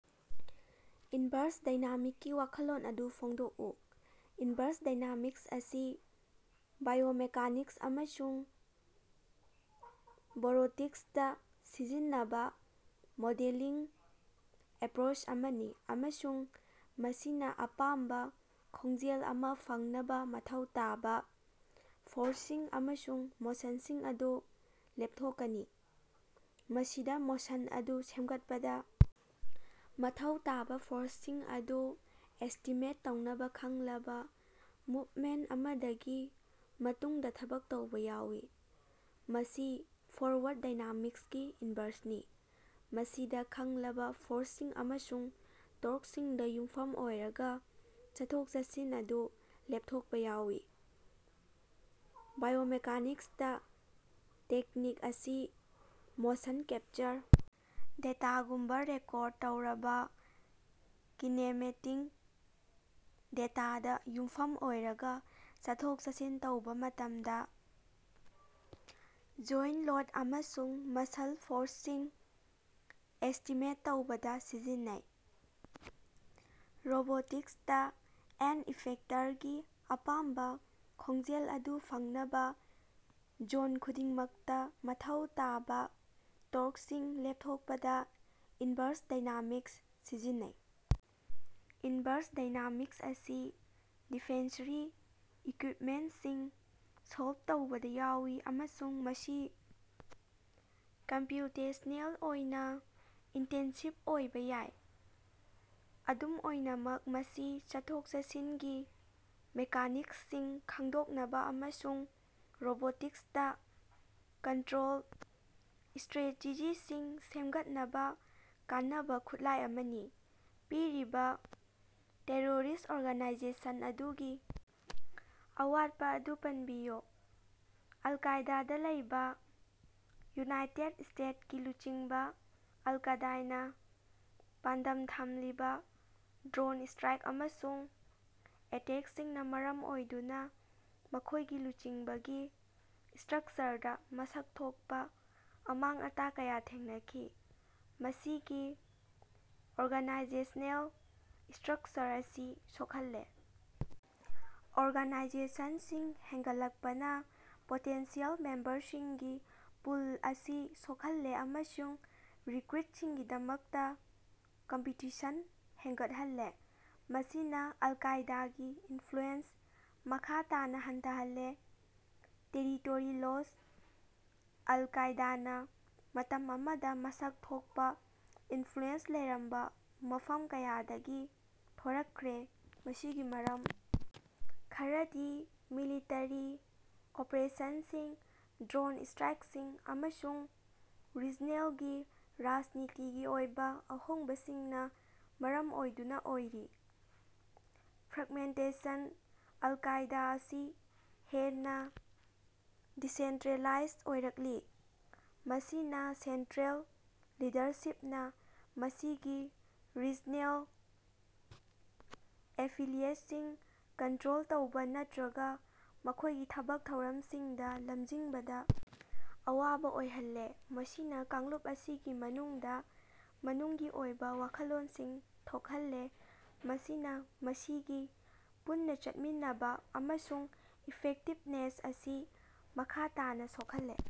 Inverse ꯗꯩꯅꯥꯃꯤꯛ ꯀꯤ ꯋꯥꯈꯜꯂꯣꯟ ꯑꯗꯨ ꯐꯣꯡꯗꯣꯛꯎ꯫ ꯏꯟꯚꯔꯁ ꯗꯩꯅꯥꯃꯤꯛꯁ ꯑꯁꯤ ꯕꯥꯏꯑꯣꯃꯦꯀꯥꯅꯤꯛꯁ ꯑꯃꯁꯨꯡ ꯕꯣꯔꯣꯇꯤꯛꯁꯇꯥ ꯁꯤꯖꯤꯟꯅꯕ ꯃꯣꯗꯦꯂꯤꯡ ꯑꯦꯄ꯭ꯔꯣꯆ ꯑꯃꯅꯤ ꯑꯃꯁꯨꯡ ꯃꯁꯤꯅ ꯑꯄꯥꯝꯕ ꯈꯣꯡꯖꯦꯜ ꯑꯃ ꯐꯪꯅꯕ ꯃꯊꯧ ꯇꯥꯕ ꯐꯣꯔꯁꯁꯤꯡ ꯑꯃꯁꯨꯡ ꯃꯣꯁꯟꯁꯤꯡ ꯑꯗꯨ ꯂꯦꯞꯊꯣꯛꯀꯅꯤ꯫ ꯃꯁꯤꯗ ꯃꯣꯁꯟ ꯑꯗꯨ ꯁꯦꯝꯒꯠꯄꯗ ꯃꯊꯧ ꯇꯥꯕ ꯐꯣꯔꯁꯁꯤꯡ ꯑꯗꯨ ꯑꯦꯁ꯭ꯇꯤꯃꯦꯠ ꯇꯧꯅꯕ ꯈꯪꯂꯕ ꯃꯨꯚꯃꯦꯟꯇ ꯑꯃꯗꯒꯤ ꯃꯇꯨꯡꯗ ꯊꯕꯛ ꯇꯧꯕ ꯌꯥꯎꯏ꯫ ꯃꯁꯤ ꯐꯣꯔꯋꯥꯔꯗ ꯗꯥꯏꯅꯥꯃꯤꯛꯁꯀꯤ ꯏꯟꯕꯔꯁꯅꯤ, ꯃꯁꯤꯗ ꯈꯪꯂꯕ ꯐꯣꯔꯁꯁꯤꯡ ꯑꯃꯁꯨꯡ ꯇꯣꯔꯀꯁꯤꯡꯗ ꯌꯨꯝꯐꯝ ꯑꯣꯏꯔꯒ ꯆꯠꯊꯣꯛ-ꯆꯠꯁꯤꯟ ꯑꯗꯨ ꯂꯦꯞꯊꯣꯛꯄ ꯌꯥꯎꯏ꯫ ꯕꯥꯏꯑꯣꯃꯦꯀꯥꯅꯤꯛꯁꯇ, ꯇꯦꯛꯅꯤꯛ ꯑꯁꯤ ꯃꯣꯁꯟ ꯀꯦꯞꯆꯔ ꯗꯦꯇꯥꯒꯨꯝꯕ ꯔꯦꯀꯣꯔꯗ ꯇꯧꯔꯕ ꯀꯤꯅꯦꯃꯦꯇꯤꯛ ꯗꯦꯇꯥꯗ ꯌꯨꯝꯐꯝ ꯑꯣꯏꯔꯒ, ꯆꯠꯊꯣꯛ-ꯆꯠꯁꯤꯟ ꯇꯧꯕ ꯃꯇꯝꯗ ꯖꯣꯏꯟꯇ ꯂꯣꯗ ꯑꯃꯁꯨꯡ ꯃꯁꯜ ꯐꯣꯔꯁꯁꯤꯡ ꯑꯦꯁ꯭ꯇꯤꯃꯦꯠ ꯇꯧꯕꯗ ꯁꯤꯖꯤꯟꯅꯩ꯫ ꯔꯣꯕꯣꯇꯤꯛꯁꯇ, ꯑꯦꯟꯗ-ꯏꯐꯦꯛꯇꯔꯒꯤ ꯑꯄꯥꯝꯕ ꯈꯣꯡꯖꯦꯜ ꯑꯗꯨ ꯐꯪꯅꯕ ꯖꯣꯟ ꯈꯨꯗꯤꯡꯃꯛꯇ ꯃꯊꯧ ꯇꯥꯕ ꯇꯣꯔꯀꯁꯤꯡ ꯂꯦꯞꯊꯣꯛꯄꯗ ꯏꯟꯕꯔꯁ ꯗꯥꯏꯅꯥꯃꯤꯛꯁ ꯁꯤꯖꯤꯟꯅꯩ꯫ ꯏꯟꯚꯔꯁ ꯗꯥꯏꯅꯥꯃꯤꯛꯁ ꯑꯁꯤ ꯗꯤꯐꯦꯟꯁꯔꯤ ꯏꯀ꯭ꯌꯨꯏꯞꯃꯦꯟꯇꯁꯤꯡ ꯁꯣꯜꯕ ꯇꯧꯕꯗ ꯌꯥꯎꯏ ꯑꯃꯁꯨꯡ ꯃꯁꯤ ꯀꯝꯄ꯭ꯌꯨꯇꯦꯁꯅꯦꯜ ꯑꯣꯏꯅ ꯏꯟꯇꯦꯟꯁꯤꯕ ꯑꯣꯏꯕ ꯌꯥꯏ꯫ ꯑꯗꯨꯝ ꯑꯣꯏꯅꯃꯛ ꯃꯁꯤ ꯆꯠꯊꯣꯛ-ꯆꯠꯁꯤꯟꯒꯤ ꯃꯦꯀꯥꯅꯤꯛꯁꯁꯤꯡ ꯈꯪꯗꯣꯛꯅꯕ ꯑꯃꯁꯨꯡ ꯔꯣꯕꯣꯇꯤꯛꯁꯇ ꯀꯟꯇ꯭ꯔꯣꯜ ꯁ꯭ꯠꯔꯦꯇꯦꯖꯤꯁꯤꯡ ꯁꯦꯝꯒꯠꯅꯕ ꯀꯥꯟꯅꯕ ꯈꯨꯠꯂꯥꯏ ꯑꯃꯅꯤ꯫ ꯄꯤꯔꯤꯕ ꯇꯦꯔꯣꯔꯤꯁ꯭ꯠ ꯑꯣꯔꯒꯅꯥꯏꯖꯦꯁꯟ ꯑꯗꯨꯒꯤ ꯑꯋꯥꯠꯄ ꯑꯗꯨ ꯄꯟꯕꯤꯌꯨ꯫ ꯑꯜ ꯀꯥꯏꯗꯥꯗ ꯂꯩꯕ ꯌꯨꯅꯥꯏꯇꯦꯗ ꯏꯁꯇꯦꯠꯁ ꯀꯤ ꯂꯨꯆꯤꯡꯕ: ꯑꯜ ꯀꯥꯗꯥꯏꯅ ꯄꯥꯟꯗꯝ ꯊꯝꯂꯤꯕ ꯗ꯭ꯔꯣꯟ ꯁ꯭ꯇ꯭ꯔꯥꯏꯛ ꯑꯃꯁꯨꯡ ꯑꯦꯇꯦꯛꯁꯤꯡꯅ ꯃꯔꯝ ꯑꯣꯏꯗꯨꯅ ꯃꯈꯣꯏꯒꯤ ꯂꯨꯆꯤꯡꯕꯒꯤ ꯁ꯭ꯇꯔꯛꯆꯔꯗ ꯃꯁꯛ ꯊꯣꯛꯄ ꯑꯃꯥꯡ-ꯑꯇꯥ ꯀꯌꯥ ꯊꯦꯡꯅꯈꯤ, ꯃꯁꯤꯒꯤ ꯑꯣꯔꯒꯅꯥꯏꯖꯦꯁꯅꯦꯜ ꯁ꯭ꯇꯔꯛꯆꯔ ꯑꯁꯤ ꯁꯣꯛꯍꯜꯂꯦ ꯑꯣꯔꯒꯅꯥꯏꯖꯦꯁꯟꯁꯤꯡ ꯍꯦꯟꯒꯠꯂꯛꯄꯅ ꯄꯣꯇꯦꯟꯁꯤꯌꯦꯜ ꯃꯦꯝꯕꯔꯁꯤꯡꯒꯤ ꯄꯨꯜ ꯑꯁꯤ ꯁꯣꯛꯍꯜꯂꯦ ꯑꯃꯁꯨꯡ ꯔꯤꯀ꯭ꯔꯨꯏꯇꯁꯤꯡꯒꯤꯗꯃꯛꯇ ꯀꯝꯄꯤꯇꯤꯁꯟ ꯍꯦꯟꯒꯠꯍꯜꯂꯦ, ꯃꯁꯤꯅ ꯑꯜ ꯀꯥꯏꯗꯥꯒꯤ ꯏꯟꯐ꯭ꯂꯨꯑꯦꯟꯁ ꯃꯈꯥ ꯇꯥꯅ ꯍꯟꯊꯍꯜꯂꯦ꯫ ꯇꯦꯔꯤꯇꯣꯔꯤ ꯂꯣꯁ: ꯑꯜ ꯀꯥꯏꯗꯥꯅ ꯃꯇꯝ ꯑꯃꯗ ꯃꯁꯛ ꯊꯣꯛꯄ ꯏꯟꯐ꯭ꯂꯨꯑꯦꯟꯁ ꯂꯩꯔꯝꯕ ꯃꯐꯝ ꯀꯌꯥꯗꯒꯤ ꯊꯣꯔꯛꯈ꯭ꯔꯦ, ꯃꯁꯤꯒꯤ ꯃꯔꯝ ꯈꯔꯗꯤ ꯃꯤꯂꯤꯇꯔꯤ ꯑꯣꯄ꯭ꯔꯦꯁꯟꯁꯤꯡ, ꯗ꯭ꯔꯣꯟ ꯁ꯭ꯇ꯭ꯔꯥꯏꯛꯁꯤꯡ, ꯑꯃꯁꯨꯡ ꯔꯤꯖꯅꯦꯜꯒꯤ ꯔꯥꯖꯅꯤꯇꯤꯒꯤ ꯑꯣꯏꯕ ꯑꯍꯣꯡꯕꯁꯤꯡꯅ ꯃꯔꯝ ꯑꯣꯏꯗꯨꯅ ꯑꯣꯏꯔꯤ꯫ ꯐ꯭ꯔꯒꯃꯦꯟꯇꯦꯁꯟ: ꯑꯜ ꯀꯥꯏꯗ ꯑꯁꯤ ꯍꯦꯟꯅ ꯗꯤꯁꯦꯟꯇ꯭ꯔꯦꯂꯥꯏꯖ ꯑꯣꯏꯔꯛꯂꯤ, ꯃꯁꯤꯅ ꯁꯦꯟꯇ꯭ꯔꯦꯜ ꯂꯤꯗꯔꯁꯤꯞꯅ ꯃꯁꯤꯒꯤ ꯔꯤꯖꯅꯦꯜ ꯑꯦꯐꯤꯂꯤꯌꯦꯠꯁꯤꯡ ꯀꯟꯇ꯭ꯔꯣꯜ ꯇꯧꯕ ꯅꯠꯇ꯭ꯔꯒ ꯃꯈꯣꯏꯒꯤ ꯊꯕꯛ ꯊꯧꯔꯝꯁꯤꯡꯗ ꯂꯝꯖꯤꯡꯕꯗ ꯑꯋꯥꯕ ꯑꯣꯏꯍꯜꯂꯦ꯫ ꯃꯁꯤꯅ ꯀꯥꯡꯂꯨꯞ ꯑꯁꯤꯒꯤ ꯃꯅꯨꯡꯗ ꯃꯅꯨꯡꯒꯤ ꯑꯣꯏꯕ ꯋꯥꯈꯜꯂꯣꯟꯁꯤꯡ ꯊꯣꯛꯍꯜꯂꯦ, ꯃꯁꯤꯅ ꯃꯁꯤꯒꯤ ꯄꯨꯟꯅ ꯆꯠꯃꯤꯟꯅꯕ ꯑꯃꯁꯨꯡ ꯏꯐꯦꯛꯇꯤꯕꯅꯦꯁ ꯑꯁꯤ ꯃꯈꯥ ꯇꯥꯅ ꯁꯣꯛꯍꯜꯂꯦ꯫